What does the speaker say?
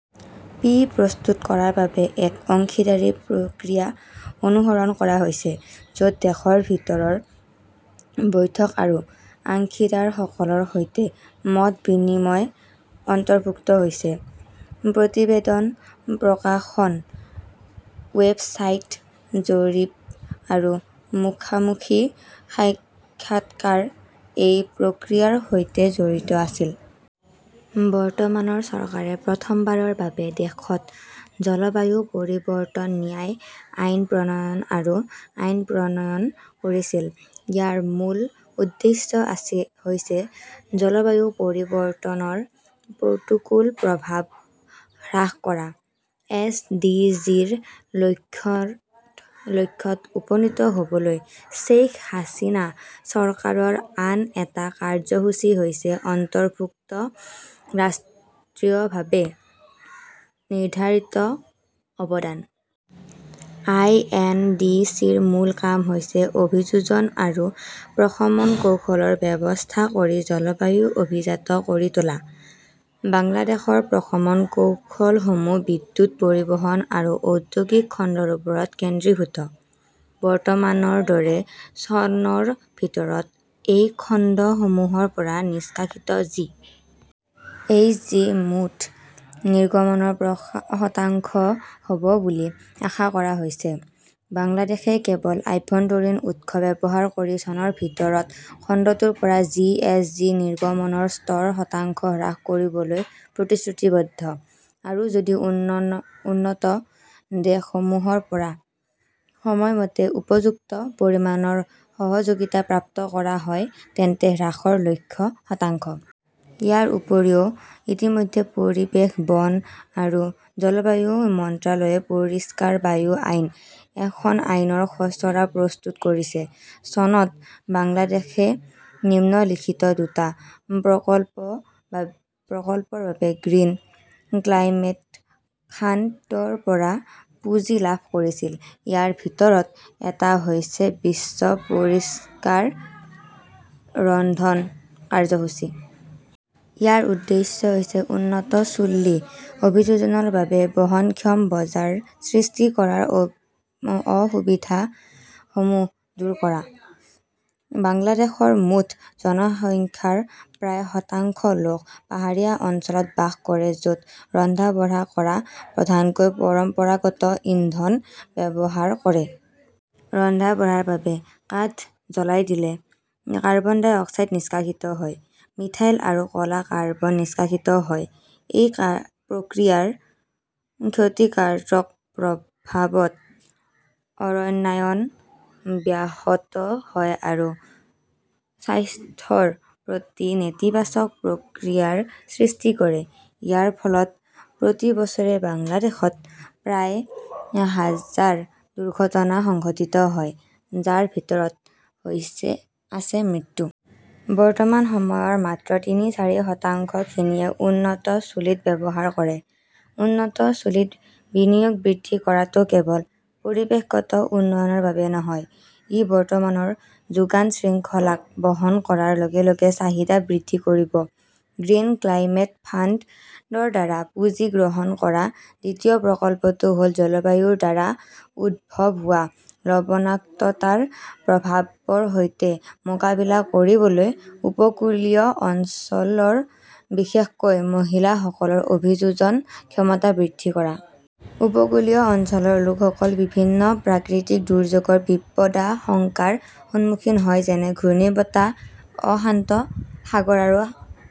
P. প্ৰস্তুত কৰাৰ বাবে এক অংশীদাৰী প্ৰক্ৰিয়া অনুসৰণ কৰা হৈছিল য'ত দেশৰ ভিতৰৰ বৈঠক আৰু অংশীদাৰসকলৰ সৈতে মত বিনিময় অন্তৰ্ভুক্ত আছিল। প্ৰতিবেদন, প্ৰকাশন, ৱেবছাইট, জৰীপ আৰু মুখামুখি সাক্ষাৎকাৰ এই প্ৰক্ৰিয়াৰ সৈতে জড়িত আছিল। বৰ্তমানৰ চৰকাৰে প্ৰথমবাৰৰ বাবে দেশত জলবায়ু পৰিৱৰ্তন ন্যাস আইন প্ৰণয়ন আৰু আইন প্ৰণয়ন কৰিছিল। ইয়াৰ মূল উদ্দেশ্য হৈছে জলবায়ু পৰিৱৰ্তনৰ প্ৰতিকূল প্ৰভাৱ হ্ৰাস কৰা। এছ. ডি. জি. -ৰ লক্ষ্যত উপনীত হ'বলৈ শ্বেইখ হাছিনা চৰকাৰৰ আন এটা কাৰ্যসূচী হ'ল অন্তৰ্ভুক্ত ৰাষ্ট্ৰীয়ভাৱে নিৰ্ধাৰিত অৱদান। আই. এন. ডি. চি. -ৰ মূল কাম হৈছে অভিযোজন আৰু প্ৰশমন কৌশলৰ ব্যৱস্থা কৰি জলবায়ু অভিজাত কৰি তোলা। বাংলাদেশৰ প্ৰশমন কৌশলসমূহ বিদ্যুৎ, পৰিবহণ আৰু ঔদ্যোগিক খণ্ডৰ ওপৰত কেন্দ্ৰীভূত। "বৰ্তমানৰ দৰে, চনৰ ভিতৰত এই খণ্ডসমূহৰ পৰা নিষ্কাশিত জি. এইচ. জি. মুঠ নিৰ্গমনৰ শতাংশ হ'ব বুলি আশা কৰা হৈছে। বাংলাদেশই কেৱল আভ্যন্তৰীণ উৎস ব্যৱহাৰ কৰি চনৰ ভিতৰত খণ্ডটোৰ পৰা জি. এইচ. জি. নিৰ্গমনৰ স্তৰ শতাংশ হ্ৰাস কৰিবলৈ প্ৰতিশ্ৰুতিবদ্ধ। আৰু যদি উন্নত দেশসমূহৰ পৰা সময়মতে উপযুক্ত পৰিমাণৰ সহযোগিতা প্ৰাপ্ত কৰা হয়, তেন্তে হ্ৰাসৰ লক্ষ্য শতাংশ। ইয়াৰ উপৰিও, ইতিমধ্যে পৰিৱেশ, বন আৰু জলবায়ু মন্ত্ৰালয়ে 'পৰিষ্কাৰ বায়ু আইন, "এখন আইনৰ খচৰা প্ৰস্তুত কৰিছে। চনত বাংলাদেশই নিম্নলিখিত দুটা প্ৰকল্পৰ বাবে গ্ৰীণ ক্লাইমেট ফাণ্ড ৰ পৰা পুঁজি লাভ কৰিছিল। ইয়াৰ ভিতৰত এটা হৈছে 'বিশ্ব পৰিষ্কাৰ ৰন্ধন কাৰ্যসূচী "। ইয়াৰ উদ্দেশ্য হৈছে উন্নত চুল্লী অভিযোজনৰ বাবে বহনক্ষম বজাৰ সৃষ্টি কৰাৰ অসুবিধাসমূহ দূৰ কৰা। বাংলাদেশৰ মুঠ জনসংখ্যাৰ প্ৰায় শতাংশ লোক পাহাৰীয়া অঞ্চলত বাস কৰে য 'ত ৰন্ধা-বঢ়া কৰা প্ৰধানকৈ পৰম্পৰাগত ইন্ধন ব্যৱহাৰ কৰে। ৰন্ধা-বঢ়াৰ বাবে কাঠ জ্বলাই দিলে কাৰ্বন ডাই অক্সাইড নিষ্কাশিত হয়। মিথাইল আৰু ক 'লা কাৰ্বন নিষ্কাশিত হয়। এই প্ৰক্ৰিয়াৰ ক্ষতিকাৰক প্ৰভাৱত অৰণ্যায়ন ব্যাহত হয় আৰু স্বাস্থ্যৰ প্ৰতি নেতিবাচক প্ৰতিক্ৰিয়াৰ সৃষ্টি কৰে। ইয়াৰ ফলত প্ৰতি বছৰে বাংলাদেশত প্ৰায় হাজাৰ দুৰ্ঘটনা সংঘটিত হয়, যাৰ ভিতৰত আছে মৃত্যু। বৰ্তমান, দেশৰ মাত্ৰ তিনি-চাৰি শতাংশ খনিয়ে উন্নত চুলিত ব্যৱহাৰ কৰে। উন্নত চুলিত বিনিয়োগ বৃদ্ধি কৰাটো কেৱল পৰিৱেশগত উন্নয়নৰ বাবে নহয়; ই বৰ্তমানৰ যোগান শৃংখলাক বহল কৰাৰ লগে লগে চাহিদা বৃদ্ধি কৰিব। গ্ৰীণ ক্লাইমেট ফাণ্ড ৰ দ্বাৰা পুঁজি যোগান ধৰা দ্বিতীয় প্ৰকল্পটো হ 'ল' জলবায়ুৰ দ্বাৰা উদ্ভৱ হোৱা লবণাক্ততাৰ প্ৰভাৱৰ সৈতে মোকাবিলা কৰিবলৈ উপকূলীয় অঞ্চলৰ বিশেষকৈ মহিলাসকলৰ অভিযোজন ক্ষমতা বৃদ্ধি কৰা '। উপকূলীয় অঞ্চলৰ লোকসকল বিভিন্ন প্ৰাকৃতিক দুৰ্যোগৰ বিপদাশংকাৰ সন্মুখীন হয়, যেনে ঘূৰ্ণীবতাহ, অশান্ত সাগৰ আৰু